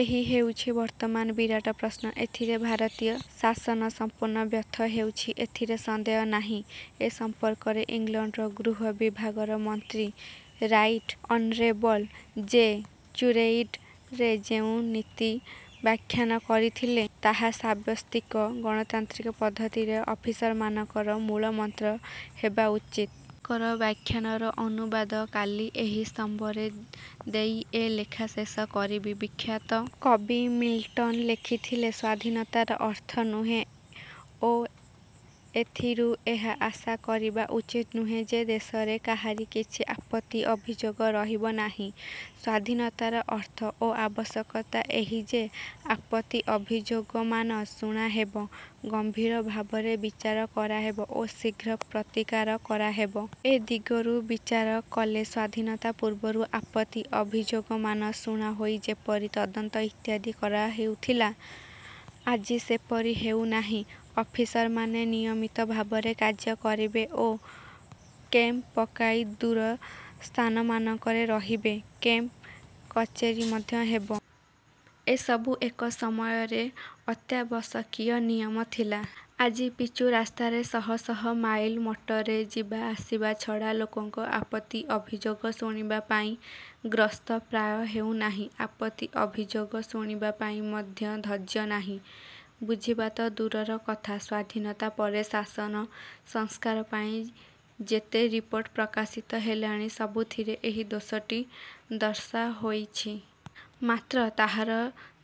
ଏହି ହେଉଛି ବର୍ତ୍ତମାନ ବିରାଟ ପ୍ରଶ୍ନ। ଏଥିରେ ଭାରତୀୟ ଶାସନ ସଂପୂର୍ଣ୍ଣ ବ୍ୟର୍ଥ ହୋଇଛି, ଏଥିରେ ସନ୍ଦେହ ନାହିଁ। ଏ ସମ୍ପର୍କରେ ଇଂଲଣ୍ଡର ଗୃହ ବିଭାଗର ମନ୍ତ୍ରୀ ରାଇଟ୍ ଅନରେବଲ୍ ଜେ ଚୁରେଇଡ଼ ରେ ଯେଉଁ ନୀତି ବ୍ୟାଖ୍ୟାନ କରିଥିଲେ, ତାହା ବାସ୍ତବିକ ଗଣତାନ୍ତ୍ରିକ ପଦ୍ଧିତରେ ଅଫିସରମାନଙ୍କର ମୂଳମନ୍ତ୍ର ହେବା ଉଚିତ। ତାଙ୍କର ବ୍ୟାଖ୍ୟାନର ଅନୁବାଦ କାଲି ଏହି ସ୍ତମ୍ଭରେ ଦେଇ ଏ ଲେଖା ଶେଷ କରିବି। ବିଖ୍ୟାତ କବି ମିଲଟନ ଲେଖିଥିଲେ- ''ସ୍ୱାଧୀନତାର ଅର୍ଥ ନୁହେଁ ଓ ଏଥିରୁ। ଏହା ଆଶା କରିବା ଉଚିତ ନୁହେଁ ଯେ ଦେଶରେ କାହାରି କିଛି ଆପତ୍ତି ଅଭିଯୋଗ ରହିବନାହିଁ। ସ୍ୱାଧୀନତାର ଅର୍ଥ ଓ ଆବଶ୍ୟକତା ଏହି ଯେ ଆପତ୍ତି ଅଭିଯୋଗମାନ ଶୁଣାହେବ, ଗମ୍ଭୀର ଭାବରେ ବିଚାର କରାହେବ ଓ ଶୀଘ୍ର ପ୍ରତିକାର କରାହେବ। '' ଏ ଦିଗରୁ ବିଚାର କଲେ ସ୍ୱାଧୀନତା ପୂର୍ବରୁ ଆପତ୍ତି ଅଭିଯୋଗମାନ ଶୁଣାହୋଇ ଯେପରି ତଦନ୍ତ ଇତ୍ୟାଦି କରାହେଉଥିଲା ଆଜି ସେପରି ହେଉନାହିଁ। ଅଫିସରମାନେ ନିୟମିତ ଭାବରେ କାର୍ଯ୍ୟ କରିବେ ଓ କେମ୍ପ ପକାଇ ଦୂରସ୍ଥାନମାନଙ୍କରେ ରହିବେ, କେମ୍ପ କଚେରୀ ମଧ୍ୟ ହେବ। ଏ ସବୁ ଏକ ସମୟରେ ଅତ୍ୟାବଶ୍ୟକୀୟ ନିୟମ ଥିଲା। ଆଜି ପିଚୁ ରାସ୍ତାରେ ଶହ ଶହ ମାଇଲ ମଟରରେ ଯିବା ଆସିବା ଛଡ଼ା ଲୋକଙ୍କ ଆପତ୍ତି ଅଭିଯୋଗ ଶୁଣିବାପାଇଁ ଗ୍ରସ୍ତ ପ୍ରାୟ ହେଉନାହିଁ। ଆପତ୍ତି ଅଭିଯୋଗ ଶୁଣିବାପାଇଁ ମଧ୍ୟ ଧୈର୍ଯ୍ୟନାହିଁ, ବୁଝିବା ତ ଦୂରର କଥା। ସ୍ୱାଧୀନତା ପରେ ଶାସନ ସଂସ୍କାରପାଇଁ ଯେତେ ରିପୋର୍ଟ ପ୍ରକାଶିତ ହେଲାଣି ସବୁଥିରେ ଏହି ଦୋଷଟି ଦର୍ଶାହୋଇଛି। ମାତ୍ର ତାହାର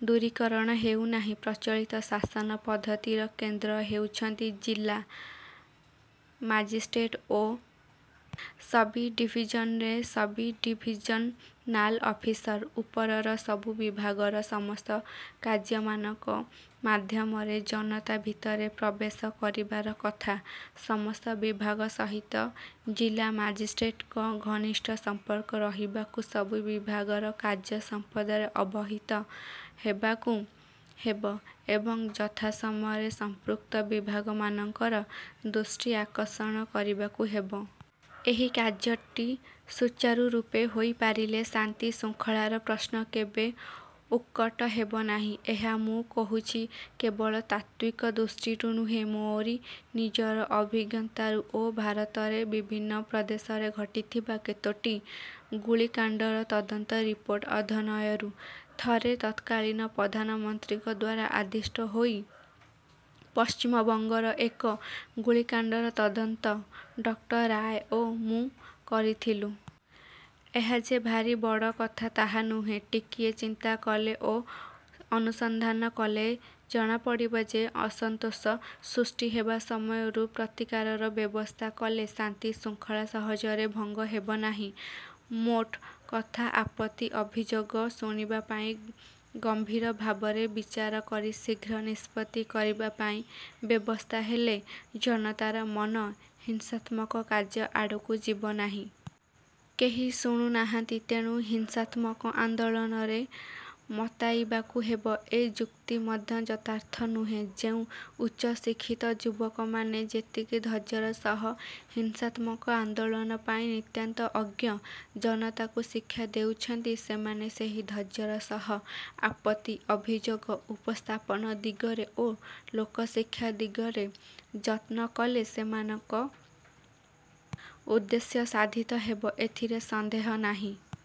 ଦୂରୀକରଣ ହେଉନାହିଁ। ପ୍ରଚଳିତ ଶାସନ ପଦ୍ଧତିର କେନ୍ଦ୍ର ହେଉଛନ୍ତି ଜିଲା ମାଜିଷ୍ଟ୍ରେଟ ଓ ସବ୍ଡ଼ିଭିଜନରେ ସବ୍ଡ଼ିଭିଜନାଲ ଅଫିସର। ଉପରର ସବୁ ବିଭାଗର ସମସ୍ତ କାର୍ଯ୍ୟମାନଙ୍କ ମାଧ୍ୟମରେ ଜନତା ଭିତରେ ପ୍ରବେଶ କରିବାର କଥା। ସମସ୍ତ ବିଭାଗ ସହିତ ଜିଲା ମାଜିଷ୍ଟ୍ରେଟଙ୍କ ଘନିଷ୍ଠ ସମ୍ପର୍କ ରଖିବାକୁ ସବୁ ବିଭାଗର କାର୍ଯ୍ୟ ସମ୍ବନ୍ଧରେ ଅବହିତ ହେବାକୁ ହେବ ଏବଂ ଯଥା ସମୟରେ ସଂପୃକ୍ତ ବିଭାଗମାନଙ୍କର ଦୃଷ୍ଟି ଆକର୍ଷଣ କରିବାକୁ ହେବ। ଏହି କାର୍ଯ୍ୟଟି ସୁଚାରୁରୂପେ ହୋଇପାରିଲେ, ଶାନ୍ତି ଶୃଙ୍ଖଳାର ପ୍ରଶ୍ନ କେବେ ଉତ୍କଟ ହେବନାହିଁ। ଏହା ମୁଁ କହୁଛି କେବଳ ତାତ୍ତ୍ୱିକ ଦୃଷ୍ଟିରୁ ନୁହେଁ, ମୋରି ନିଜର ଅଭିଜ୍ଞତାରୁ ଓ ଭାରତରେ ବିଭିନ୍ନ ପ୍ରଦେଶରେ ଘଟିଥିବା କେତୋଟି ଗୁଳିକାଣ୍ଡର ତଦନ୍ତ ରିପୋର୍ଟ ଅଧ୍ୟୟନରୁ। ଥରେ ତତ୍କାଳୀନ ପ୍ରଧାନମନ୍ତ୍ରୀଙ୍କଦ୍ୱାରା ଆଦିଷ୍ଟ ହୋଇ ପଶ୍ଚିମବଙ୍ଗର ଏକ ଗୁଳିକାଣ୍ଡର ତଦନ୍ତ ଡକ୍ଟର ରାୟ ଓ ମୁଁ କରିଥିଲୁ। ଏହା ଯେ ଭାରି ବଡ଼ କଥା ତା ନୁହେଁ। ଟିକିଏ ଚିନ୍ତା କଲେ ଓ ଅନୁସନ୍ଧାନ କଲେ ଜଣାପଡ଼ିବ ଯେ ଅସନ୍ତୋଷ ସୃଷ୍ଟିହେବା ସମୟରୁ ପ୍ରତିକାରର ବ୍ୟବସ୍ଥା କଲେ ଶାନ୍ତି ଶୃଙ୍ଖଳା ସହଜରେ ଭଙ୍ଗ ହେବନାହିଁ। ମୋଟ କଥା ଆପତ୍ତି ଅଭିଯୋଗ ଶୁଣିବା ପାଇଁ ଗମ୍ଭୀର ଭାବରେ ବିଚାର କରି ଶୀଘ୍ର ନିଷ୍ପତ୍ତି କରିବାପାଇଁ ବ୍ୟବସ୍ଥା ହେଲେ ଜନତାର ମନ ହିଂସାତ୍ମକ କାର୍ଯ୍ୟ ଆଡ଼କୁ ଯିବନାହିଁ। କେହି ଶୁଣୁନାହାନ୍ତି ତେଣୁ ହିଂସାତ୍ମକ ଆନ୍ଦୋଳନରେ ମତାଇବାକୁ ହେବ ଏ ଯୁକ୍ତି ମଧ୍ୟ ଯଥାର୍ଥ ନୁହେଁ। ଯେଉଁ ଉଚ୍ଚ ଶିକ୍ଷିତ ଯୁବକମାନେ ଯେତିକି ଧୈର୍ଯ୍ୟର ସହ ହିଂସାତ୍ମକ ଆନ୍ଦୋଳନ ପାଇଁ ନିତାନ୍ତ ଅଜ୍ଞ ଜନତାକୁ ଶିକ୍ଷା ଦେଉଛନ୍ତି, ସେମାନେ ସେହି ଧୈର୍ଯ୍ୟର ସହ ଆପତ୍ତି ଅଭିଯୋଗ ଉପସ୍ଥାପନ ଦିଗରେ ଓ ଲୋକଶିକ୍ଷା ଦିଗରେ ଯତ୍ନ କଲେ, ସେମାନଙ୍କ ଉଦ୍ଦେଶ୍ୟ ସାଧିତ ହେବ ଏଥିରେ ସନ୍ଦେହ ନାହିଁ।